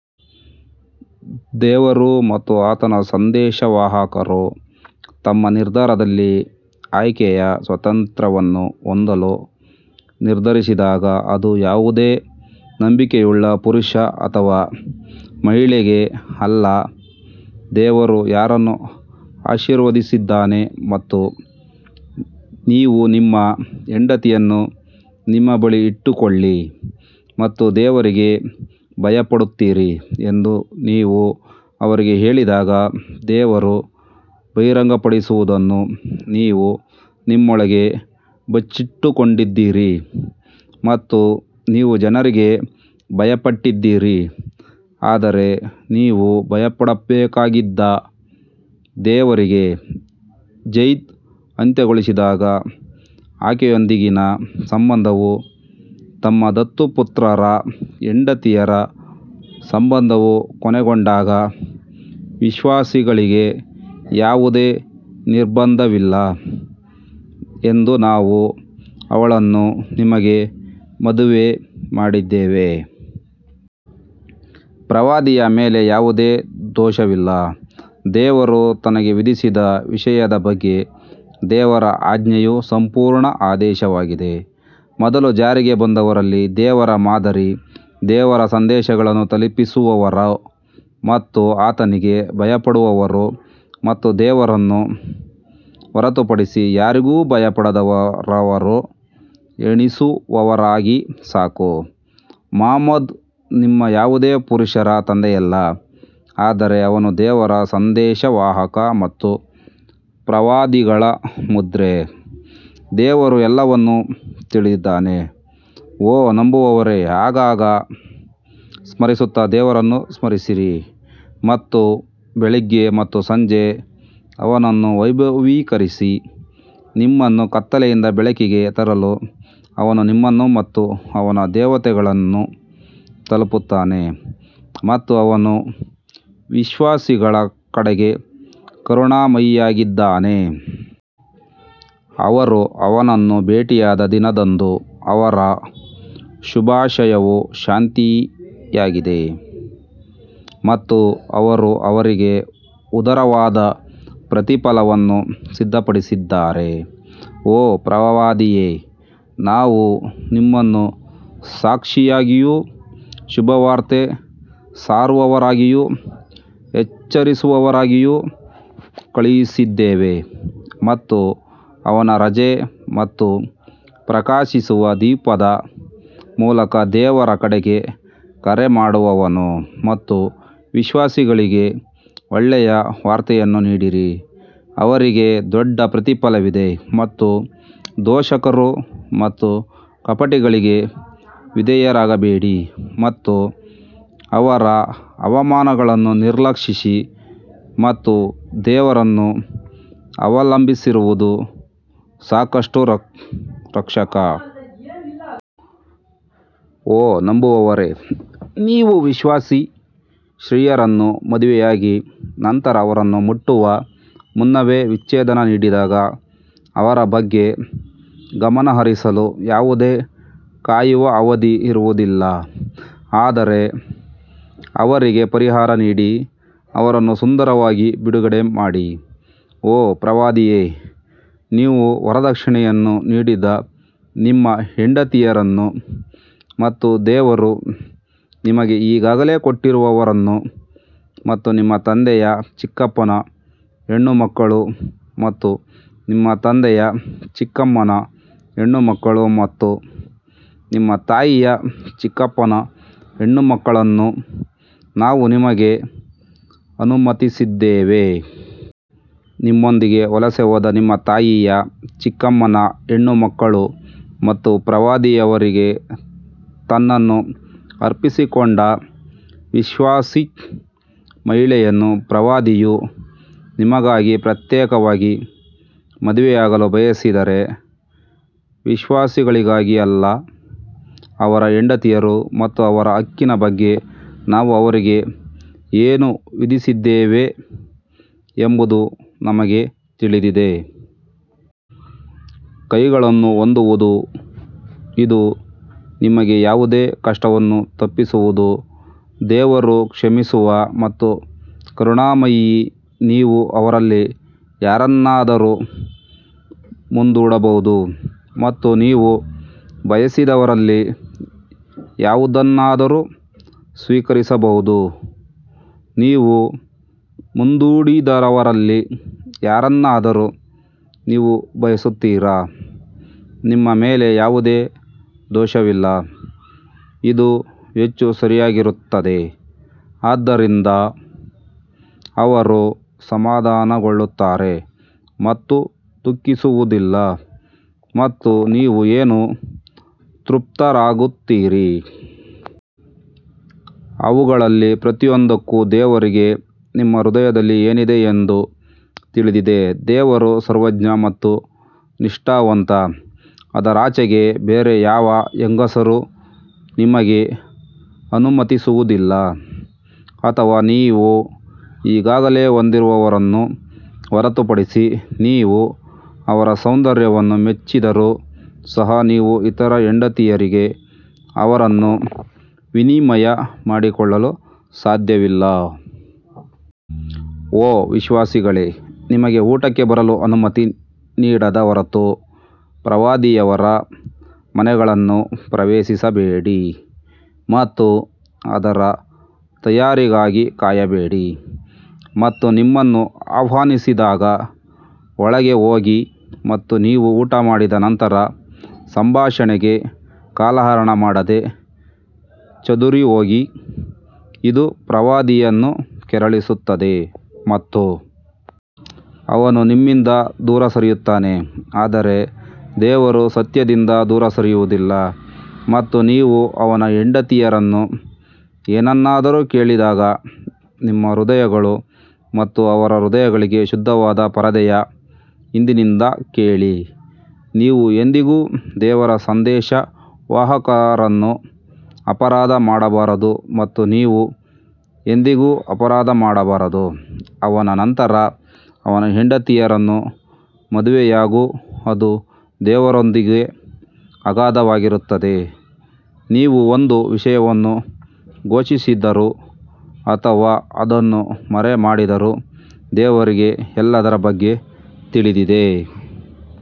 ದೇವರು ಮತ್ತು ಆತನ ಸಂದೇಶವಾಹಕರು ತಮ್ಮ ನಿರ್ಧಾರದಲ್ಲಿ ಆಯ್ಕೆಯ ಸ್ವಾತಂತ್ರ್ಯವನ್ನು ಹೊಂದಲು ನಿರ್ಧರಿಸಿದಾಗ ಅದು ಯಾವುದೇ ನಂಬಿಕೆಯುಳ್ಳ ಪುರುಷ ಅಥವಾ ಮಹಿಳೆಗೆ ಅಲ್ಲ ದೇವರು ಯಾರನ್ನು ಆಶೀರ್ವದಿಸಿದ್ದಾನೆ ಮತ್ತು ನೀವು ನಿಮ್ಮ ಹೆಂಡತಿಯನ್ನು ನಿಮ್ಮ ಬಳಿ ಇಟ್ಟುಕೊಳ್ಳಿ ಮತ್ತು ದೇವರಿಗೆ ಭಯಪಡುತ್ತೀರಿ ಎಂದು ನೀವು ಅವರಿಗೆ ಹೇಳಿದಾಗ ದೇವರು ಬಹಿರಂಗಪಡಿಸುವದನ್ನು ನೀವು ನಿಮ್ಮೊಳಗೆ ಬಚ್ಚಿಟ್ಟುಕೊಂಡಿದ್ದೀರಿ ಮತ್ತು ನೀವು ಜನರಿಗೆ ಭಯಪಟ್ಟಿದ್ದೀರಿ ಆದರೆ ನೀವು ಭಯಪಡಬೇಕಾಗಿದ್ದ ದೇವರಿಗೆ ಜೈದ್ ಅಂತ್ಯಗೊಳಿಸಿದಾಗ ಆಕೆಯೊಂದಿಗಿನ ಸಂಬಂಧವು ತಮ್ಮ ದತ್ತುಪುತ್ರರ ಹೆಂಡತಿಯರ ಸಂಬಂಧವು ಕೊನೆಗೊಂಡಾಗ ವಿಶ್ವಾಸಿಗಳಿಗೆ ಯಾವುದೇ ನಿರ್ಬಂಧವಿಲ್ಲ ಎಂದು ನಾವು ಅವಳನ್ನು ನಿಮಗೆ ಮದುವೆ ಮಾಡಿದ್ದೇವೆ. ಪ್ರವಾದಿಯ ಮೇಲೆ ಯಾವುದೇ ದೋಷವಿಲ್ಲ, ದೇವರು ತನಗೆ ವಿಧಿಸಿದ ವಿಷಯದ ಬಗ್ಗೆ ದೇವರ ಆಜ್ಞೆಯು ಸಂಪೂರ್ಣ ಆದೇಶವಾಗಿದೆ ಮೊದಲು ಜಾರಿಗೆ ಬಂದವರಲ್ಲಿ ದೇವರ ಮಾದರಿ ದೇವರ ಸಂದೇಶಗಳನ್ನು ತಲುಪಿಸುವವರು ಮತ್ತು ಆತನಿಗೆ ಭಯಪಡುವವರು ಮತ್ತು ದೇವರನ್ನು ಹೊರತುಪಡಿಸಿ ಯಾರಿಗೂ ಭಯಪಡದವರು ಎಣಿಸುವವರಾಗಿ ಸಾಕು. ಮುಹಮ್ಮದ್ ನಿಮ್ಮ ಯಾವುದೇ ಪುರುಷರ ತಂದೆಯಲ್ಲ ಆದರೆ ಅವನು ದೇವರ ಸಂದೇಶವಾಹಕ ಮತ್ತು ಪ್ರವಾದಿಗಳ ಮುದ್ರೆ ದೇವರು ಎಲ್ಲವನ್ನೂ ತಿಳಿದಿದ್ದಾನೆ ಓ ನಂಬುವವರೇ ಆಗಾಗ ಸ್ಮರಿಸುತ್ತಾ ದೇವರನ್ನು ಸ್ಮರಿಸಿರಿ ಮತ್ತು ಬೆಳಿಗ್ಗೆ ಮತ್ತು ಸಂಜೆ ಅವನನ್ನು ವೈಭವೀಕರಿಸಿ ನಿಮ್ಮನ್ನು ಕತ್ತಲೆಯಿಂದ ಬೆಳಕಿಗೆ ತರಲು ಅವನು ನಿಮ್ಮನ್ನು ಮತ್ತು ಅವನ ದೇವತೆಗಳನ್ನು ತಲುಪುತ್ತಾನೆ ಮತ್ತು ಅವನು ವಿಶ್ವಾಸಿಗಳ ಕಡೆಗೆ ಕರುಣಾಮಯಿಯಾಗಿದ್ದಾನೆ. ಅವರು ಅವನನ್ನು ಭೇಟಿಯಾದ ದಿನದಂದು ಅವರ ಶುಭಾಶಯವು ಶಾಂತಿಯಾಗಿದೆ ಮತ್ತು ಅವರು ಅವರಿಗೆ ಉದಾರವಾದ ಪ್ರತಿಫಲವನ್ನು ಸಿದ್ಧಪಡಿಸಿದ್ದಾರೆ ಓ ಪ್ರವಾದಿಯೇ ನಾವು ನಿಮ್ಮನ್ನು ಸಾಕ್ಷಿಯಾಗಿಯೂ ಶುಭವಾರ್ತೆ ಸಾರುವವರಾಗಿಯೂ ಎಚ್ಚರಿಸುವವರಾಗಿಯೂ ಕಳುಹಿಸಿದ್ದೇವೆ ಮತ್ತು ಅವನ ರಜೆ ಮತ್ತು ಪ್ರಕಾಶಿಸುವ ದೀಪದ ಮೂಲಕ ದೇವರ ಕಡೆಗೆ ಕರೆ ಮಾಡುವವನು ಮತ್ತು ವಿಶ್ವಾಸಿಗಳಿಗೆ ಒಳ್ಳೆಯ ವಾರ್ತೆಯನ್ನು ನೀಡಿರಿ, ಅವರಿಗೆ ದೊಡ್ಡ ಪ್ರತಿಫಲವಿದೆ ಮತ್ತು ದೂಷಕರು ಮತ್ತು ಕಪಟಿಗಳಿಗೆ ವಿಧೇಯರಾಗಬೇಡಿ ಮತ್ತು ಅವರ ಅವಮಾನಗಳನ್ನು ನಿರ್ಲಕ್ಷಿಸಿ ಮತ್ತು ದೇವರನ್ನು ಅವಲಂಬಿಸಿರುವುದು ಸಾಕಷ್ಟು ರಕ್ಷಕ. ಓ ನಂಬುವವರೇ, ನೀವು ವಿಶ್ವಾಸಿ ಸ್ತ್ರೀಯರನ್ನು ಮದುವೆಯಾಗಿ ನಂತರ ಅವರನ್ನು ಮುಟ್ಟುವ ಮುನ್ನವೇ ವಿಚ್ಛೇದನ ನೀಡಿದಾಗ ಅವರ ಬಗ್ಗೆ ಗಮನಹರಿಸಲು ಯಾವುದೇ ಕಾಯುವ ಅವಧಿ ಇರುವುದಿಲ್ಲ ಆದರೆ ಅವರಿಗೆ ಪರಿಹಾರ ನೀಡಿ ಅವರನ್ನು ಸುಂದರವಾಗಿ ಬಿಡುಗಡೆ ಮಾಡಿ. ಓ ಪ್ರವಾದಿಯೇ, ನೀವು ವರದಕ್ಷಿಣೆಯನ್ನು ನೀಡಿದ ನಿಮ್ಮ ಹೆಂಡತಿಯರನ್ನು ಮತ್ತು ದೇವರು ನಿಮಗೆ ಈಗಾಗಲೇ ಕೊಟ್ಟಿರುವವರನ್ನು ಮತ್ತು ನಿಮ್ಮ ತಂದೆಯ ಚಿಕ್ಕಪ್ಪನ ಹೆಣ್ಣುಮಕ್ಕಳು ಮತ್ತು ನಿಮ್ಮ ತಂದೆಯ ಚಿಕ್ಕಮ್ಮನ ಹೆಣ್ಣುಮಕ್ಕಳು ಮತ್ತು ನಿಮ್ಮ ತಾಯಿಯ ಚಿಕ್ಕಪ್ಪನ ಹೆಣ್ಣುಮಕ್ಕಳನ್ನು ನಾವು ನಿಮಗೆ ಅನುಮತಿಸಿದ್ದೇವೆ. ನಿಮ್ಮೊಂದಿಗೆ ವಲಸೆ ಹೋದ ನಿಮ್ಮ ತಾಯಿಯ ಚಿಕ್ಕಮ್ಮನ ಹೆಣ್ಣುಮಕ್ಕಳು ಮತ್ತು ಪ್ರವಾದಿಯವರಿಗೆ ತನ್ನನ್ನು ಅರ್ಪಿಸಿಕೊಂಡ ವಿಶ್ವಾಸಿ ಮಹಿಳೆಯನ್ನು ಪ್ರವಾದಿಯು ನಿಮಗಾಗಿ ಪ್ರತ್ಯೇಕವಾಗಿ ಮದುವೆಯಾಗಲು ಬಯಸಿದರೆ, ವಿಶ್ವಾಸಿಗಳಿಗಾಗಿ ಅಲ್ಲ, ಅವರ ಹೆಂಡತಿಯರು ಮತ್ತು ಅವರ ಹಕ್ಕಿನ ಬಗ್ಗೆ ನಾವು ಅವರಿಗೆ ಏನು ವಿಧಿಸಿದ್ದೇವೆ ಎಂಬುದು ನಮಗೆ ತಿಳಿದಿದೆ. ಕೈಗಳನ್ನು ಹೊಂದುವುದು ಇದು ನಿಮಗೆ ಯಾವುದೇ ಕಷ್ಟವನ್ನು ತಪ್ಪಿಸುವುದು ದೇವರು ಕ್ಷಮಿಸುವ ಮತ್ತು ಕರುಣಾಮಯಿ ನೀವು ಅವರಲ್ಲಿ ಯಾರನ್ನಾದರೂ ಮುಂದೂಡಬಹುದು ಮತ್ತು ನೀವು ಬಯಸಿದವರಲ್ಲಿ ಯಾವುದನ್ನಾದರೂ ಸ್ವೀಕರಿಸಬಹುದು, ನೀವು ಮುಂದೂಡಿದವರಲ್ಲಿ ಯಾರನ್ನಾದರೂ ನೀವು ಬಯಸುತ್ತೀರಾ, ನಿಮ್ಮ ಮೇಲೆ ಯಾವುದೇ ದೋಷವಿಲ್ಲ, ಇದು ಹೆಚ್ಚು ಸರಿಯಾಗಿರುತ್ತದೆ ಆದ್ದರಿಂದ ಅವರು ಸಮಾಧಾನಗೊಳ್ಳುತ್ತಾರೆ ಮತ್ತು ದುಃಖಿಸುವುದಿಲ್ಲ ಮತ್ತು ನೀವು ಏನು ತೃಪ್ತರಾಗುತ್ತೀರಿ. ಅವುಗಳಲ್ಲಿ ಪ್ರತಿಯೊಂದಕ್ಕೂ ದೇವರಿಗೆ ನಿಮ್ಮ ಹೃದಯದಲ್ಲಿ ಏನಿದೆ ಎಂದು ತಿಳಿದಿದೆ, ದೇವರು ಸರ್ವಜ್ಞ ಮತ್ತು ನಿಷ್ಠಾವಂತ ಅದರಾಚೆಗೆ ಬೇರೆ ಯಾವ ಹೆಂಗಸರೂ ನಿಮಗೆ ಅನುಮತಿಸುವುದಿಲ್ಲ ಅಥವಾ ನೀವು ಈಗಾಗಲೇ ಹೊಂದಿರುವವರನ್ನು ಹೊರತುಪಡಿಸಿ ನೀವು ಅವರ ಸೌಂದರ್ಯವನ್ನು ಮೆಚ್ಚಿದರೂ ಸಹ ನೀವು ಇತರ ಹೆಂಡತಿಯರಿಗೆ ಅವರನ್ನು ವಿನಿಮಯ ಮಾಡಿಕೊಳ್ಳಲು ಸಾಧ್ಯವಿಲ್ಲ. ಓ ವಿಶ್ವಾಸಿಗಳೇ ನಿಮಗೆ ಊಟಕ್ಕೆ ಬರಲು ಅನುಮತಿ ನೀಡದ ಹೊರತು ಪ್ರವಾದಿಯವರ ಮನೆಗಳನ್ನು ಪ್ರವೇಶಿಸಬೇಡಿ ಮತ್ತು ಅದರ ತಯಾರಿಗಾಗಿ ಕಾಯಬೇಡಿ ಮತ್ತು ನಿಮ್ಮನ್ನು ಆಹ್ವಾನಿಸಿದಾಗ ಒಳಗೆ ಹೋಗಿ ಮತ್ತು ನೀವು ಊಟ ಮಾಡಿದ ನಂತರ ಸಂಭಾಷಣೆಗೆ ಕಾಲಹರಣ ಮಾಡದೆ ಚದುರಿಹೋಗಿ ಇದು ಪ್ರವಾದಿಯನ್ನು ಕೆರಳಿಸುತ್ತದೆ. ಮತ್ತು ಅವನು ನಿಮ್ಮಿಂದ ದೂರ ಸರಿಯುತ್ತಾನೆ ಆದರೆ ದೇವರು ಸತ್ಯದಿಂದ ದೂರ ಸರಿಯುವುದಿಲ್ಲ ಮತ್ತು ನೀವು ಅವನ ಹೆಂಡತಿಯರನ್ನು ಏನನ್ನಾದರೂ ಕೇಳಿದಾಗ ನಿಮ್ಮ ಹೃದಯಗಳು ಮತ್ತು ಅವರ ಹೃದಯಗಳಿಗೆ ಶುದ್ಧವಾದ ಪರದೆಯ ಹಿಂದಿನಿಂದ ಕೇಳಿ, ನೀವು ಎಂದಿಗೂ ದೇವರ ಸಂದೇಶವಾಹಕರನ್ನು ಅಪರಾಧ ಮಾಡಬಾರದು ಅಥವಾ ನೀವು ಎಂದಿಗೂ ಅಪರಾಧ ಮಾಡಬಾರದು ಅವನ ನಂತರ ಅವನ ಹೆಂಡತಿಯರನ್ನು ಮದುವೆಯಾಗು ಅದು ದೇವರೊಂದಿಗೆ ಅಗಾಧವಾಗಿರುತ್ತದೆ ನೀವು ಒಂದು ವಿಷಯವನ್ನು ಘೋಷಿಸಿದರೂ ಅಥವಾ ಅದನ್ನು ಮರೆಮಾಡಿದರೂ ದೇವರಿಗೆ ಎಲ್ಲದರ ಬಗ್ಗೆ ತಿಳಿದಿದೆ.